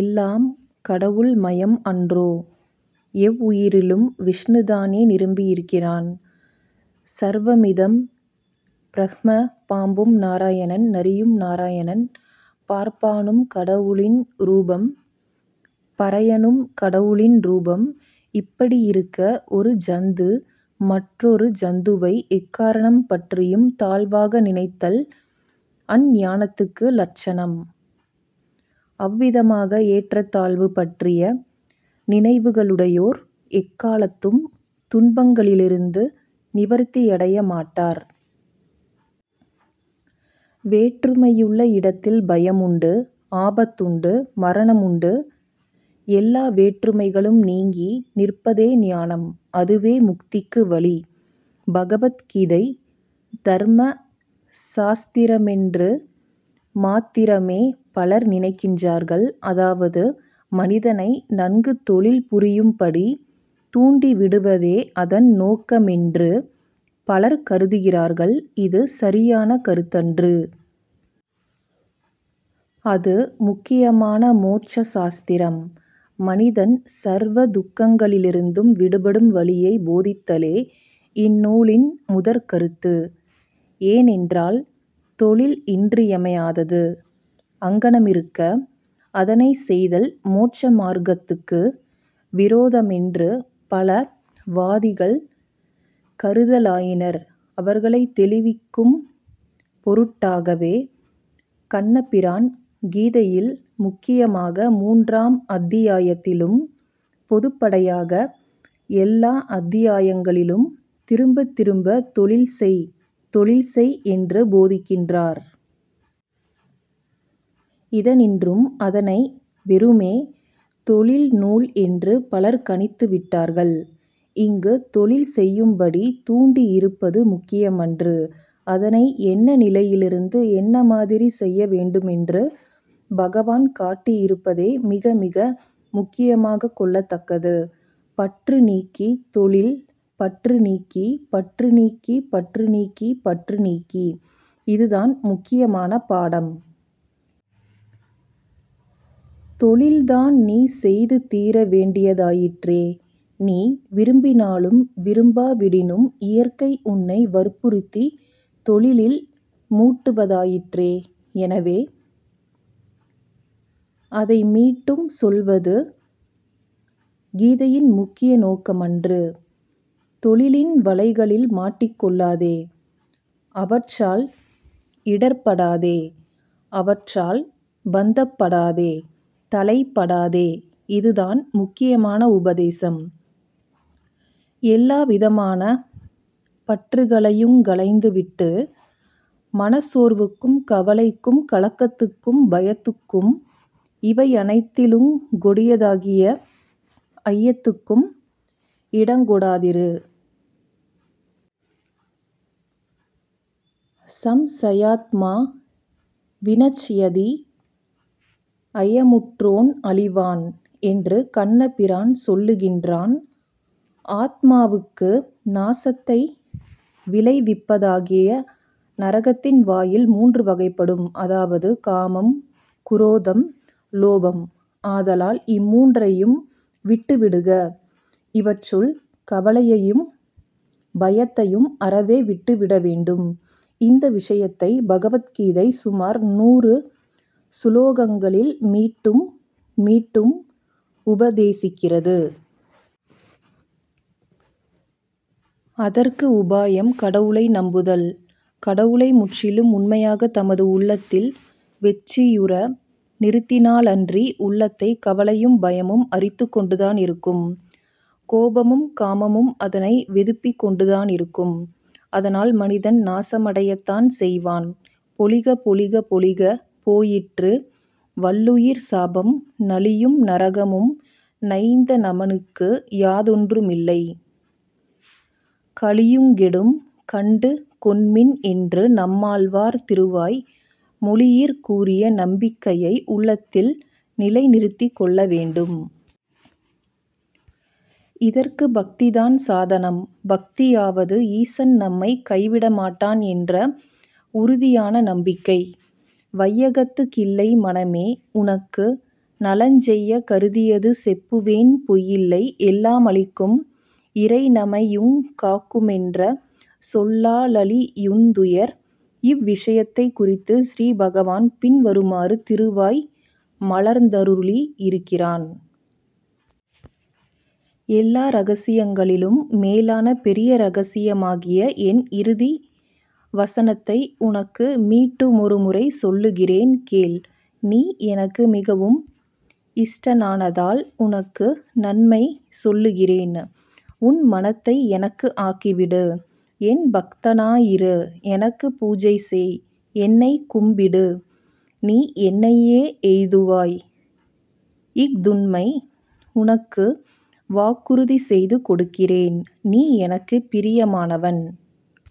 எல்லாம் கடவுள் மயம் அன்றோ? எவ்வுயிரிலும் விஷ்ணுதானே நிரம்பியிருக்கிறான்? ஸர்வமிதம் ப்ரஹ்ம, பாம்பும் நாராயணன், நரியும் நாராயணன். பார்ப்பானும் கடவுளின் ரூபம், பறையனும் கடவுளின் ரூபம், இப்படியிருக்க ஒரு ஜந்து மற்றொரு ஜந்துவை எக்காரணம் பற்றியும் தாழ்வாக நினைத்தல் அஞ்ஞானத்துக்கு லட்சணம். அவ்விதமான ஏற்றத் தாழ்வு பற்றிய நினைவுகளுடையோர் எக்காலத்தும் துன்பங்களிலிருந்து நிவர்த்தியடைய மாட்டார். வேற்றுமையுள்ள இடத்தில் பயமுண்டு, ஆபத்துண்டு, மரணமுண்டு. எல்லா வேற்றுமைகளும் நீங்கி நிற்பதே ஞானம். அதுவே முக்திக்கு வழி. பகவத் கீதை தர்ம சாஸ்திரமென்று மாத்திரமே பலர் நினைக்கின்றார்கள். அதாவது, மனிதனை நன்கு தொழில் புரியும்படி தூண்டி விடுவதே அதன் நோக்கமென்று பலர் கருதுகிறார்கள். இது சரியான கருத்தன்று. அது முக்கியமான மோட்ச சாஸ்திரம். மனிதன் சர்வ துக்கங்களிலிருந்தும் விடுபடும் வழியைப் போதித்தலே இந்நூலின் முதற்கருத்து. ஏனென்றால், தொழில் இன்றியமையாதது. அங்ஙனமிருக்க, அதனைச் செய்தல் மோட்ச மார்க்கத்துக்கு விரோதமென்று பல வாதிகள் கருதலாயினர். அவர்களைத் தெளிவிக்கும் பொருட்டாகவே, கண்ணபிரான் கீதையில், முக்கியமாக மூன்றாம் அத்தியாயத்திலும், பொதுப்படையாக எல்லா அத்தியாயங்களிலும், திரும்பத் திரும்பத் தொழில் செய் தொழில் செய் என்று போதிக்கின்றார். இதனின்றும், அதனை வெறுமே, தொழில் நூல் என்று பலர் கணித்து விட்டார்கள். இங்குத் தொழில் செய்யும்படி தூண்டியிருப்பது முக்கியமன்று. அதனை என்ன நிலையிலிருந்து, என்ன மாதிரிச் செய்ய வேண்டுமென்று பகவான் காட்டியிருப்பதே மிக மிக முக்கியமாகக் கொள்ளத் தக்கது. பற்று நீக்கித் தொழில், பற்று நீக்கி, பற்று நீக்கி, பற்று நீக்கி, பற்று நீக்கி இது தான் முக்கியமான பாடம். தொழில்தான் நீ செய்து தீரவேண்டியதாயிற்றே? நீ விரும்பினாலும் விரும்பாவிடினும் இயற்கை உன்னை வற்புறுத்தித் தொழிலில் மூட்டுவதாயிற்றே? எனவே அதை மீட்டும் சொல்வது கீதையின் முக்கிய நோக்கமன்று. தொழிலின் வலைகளில் மாட்டிக் கொள்ளாதே. அவற்றால் இடர்ப்படாதே. அவற்றால் பந்தப் படாதே. தளைப்படாதே. இதுதான் முக்கியமான உபதேசம். எல்லாவிதமான பற்றுகளையுங் களைந்துவிட்டு, மனச் சோர்வுக்கும் கவலைக்கும் கலக்கத்துக்கும் பயத்துக்கும் இவையனைத்திலுங் கொடியதாகிய ஐயத்துக்கும் இடங்கொடாதிரு. சம்சயாத்மா விநச்யதி, ஐயமுற்றோன் அழிவான் என்று கண்ணபிரான் சொல்லுகின்றான். ஆத்மாவுக்கு நாசத்தை விளைவிப்பதாகிய நரகத்தின் வாயில் மூன்று வகைப்படும். அதாவது காமம், குரோதம், லோபம். ஆதலால் இம்மூன்றையும் விட்டு விடுக. இவற்றுள் கவலையையும் பயத்தையும் அறவே விட்டுவிடவேண்டும். இந்த விஷயத்தை பகவத் கீதை சுமார் நூறு சுலோகங்களில் மீட்டும் மீட்டும் உபதேசிக்கிறது. அதற்கு உபாயம் கடவுளை நம்புதல். கடவுளை முற்றிலும் உண்மையாகத் தமது உள்ளத்தில் வெற்றியுற நிறுத்தினாலன்றி, உள்ளத்தைக் கவலையும் பயமும் அரித்துக்கொண்டுதான் இருக்கும். கோபமும் காமமும் அதனை வெதுப்பிக் கொண்டுதானிருக்கும். அதனால் மனிதன் நாசமடையத்தான் செய்வான். பொலிக, பொலிக, பொலிக, போயிற்று வல்லுயிர்ச் சாபம், நலியும் நரகமும் நைந்த நமனுக்கு யாதொன்றுமில்லை; கலியுங்கெடும், கண்டு கொண்மின் என்று நம்மாழ்வார் திருவாய் மொழியிற் கூறிய நம்பிக்கையை உள்ளத்தில் நிலை நிறுத்திக் கொள்ள வேண்டும். இதற்குப் பக்திதான் சாதனம். பக்தியாவது, ஈசன் நம்மைக் கைவிட மாட்டான் என்ற உறுதியான நம்பிக்கை. வையகத்துக் கில்லை மனமே, உனக்கு நலஞ் செய்யக் கருதியது செப்புவேன் பொய்யில்லை, எல்லா மளிக்கும் இறைநமையுங் காக்குமென்ற சொல்லா லழியுந் துயர். இவ்விஷயத்தைக் குறித்து ஸ்ரீ பகவான் பின்வருமாறு திருவாய் மலர்ந்தருளி யிருக்கிறான். எல்லா ரகசியங்களிலும் மேலான பெரிய ரகசியமாகிய என் இறுதி வசனத்தை உனக்கு மீட்டுமொருமுறை சொல்லுகிறேன், கேள். நீ எனக்கு மிகவும் இஷ்டனானதால், உனக்கு நன்மை சொல்லுகிறேன். உன் மனத்தை எனக்கு ஆக்கிவிடு. என் பக்தனாயிரு. எனக்குப் பூஜை செய். என்னைக் கும்பிடு. நீ என்னையே எய்துவாய். இஃதுண்மை. உனக்குப் வாக்குறுதி செய்து கொடுக்கிறேன். நீ எனக்குப் பிரியமானவன்.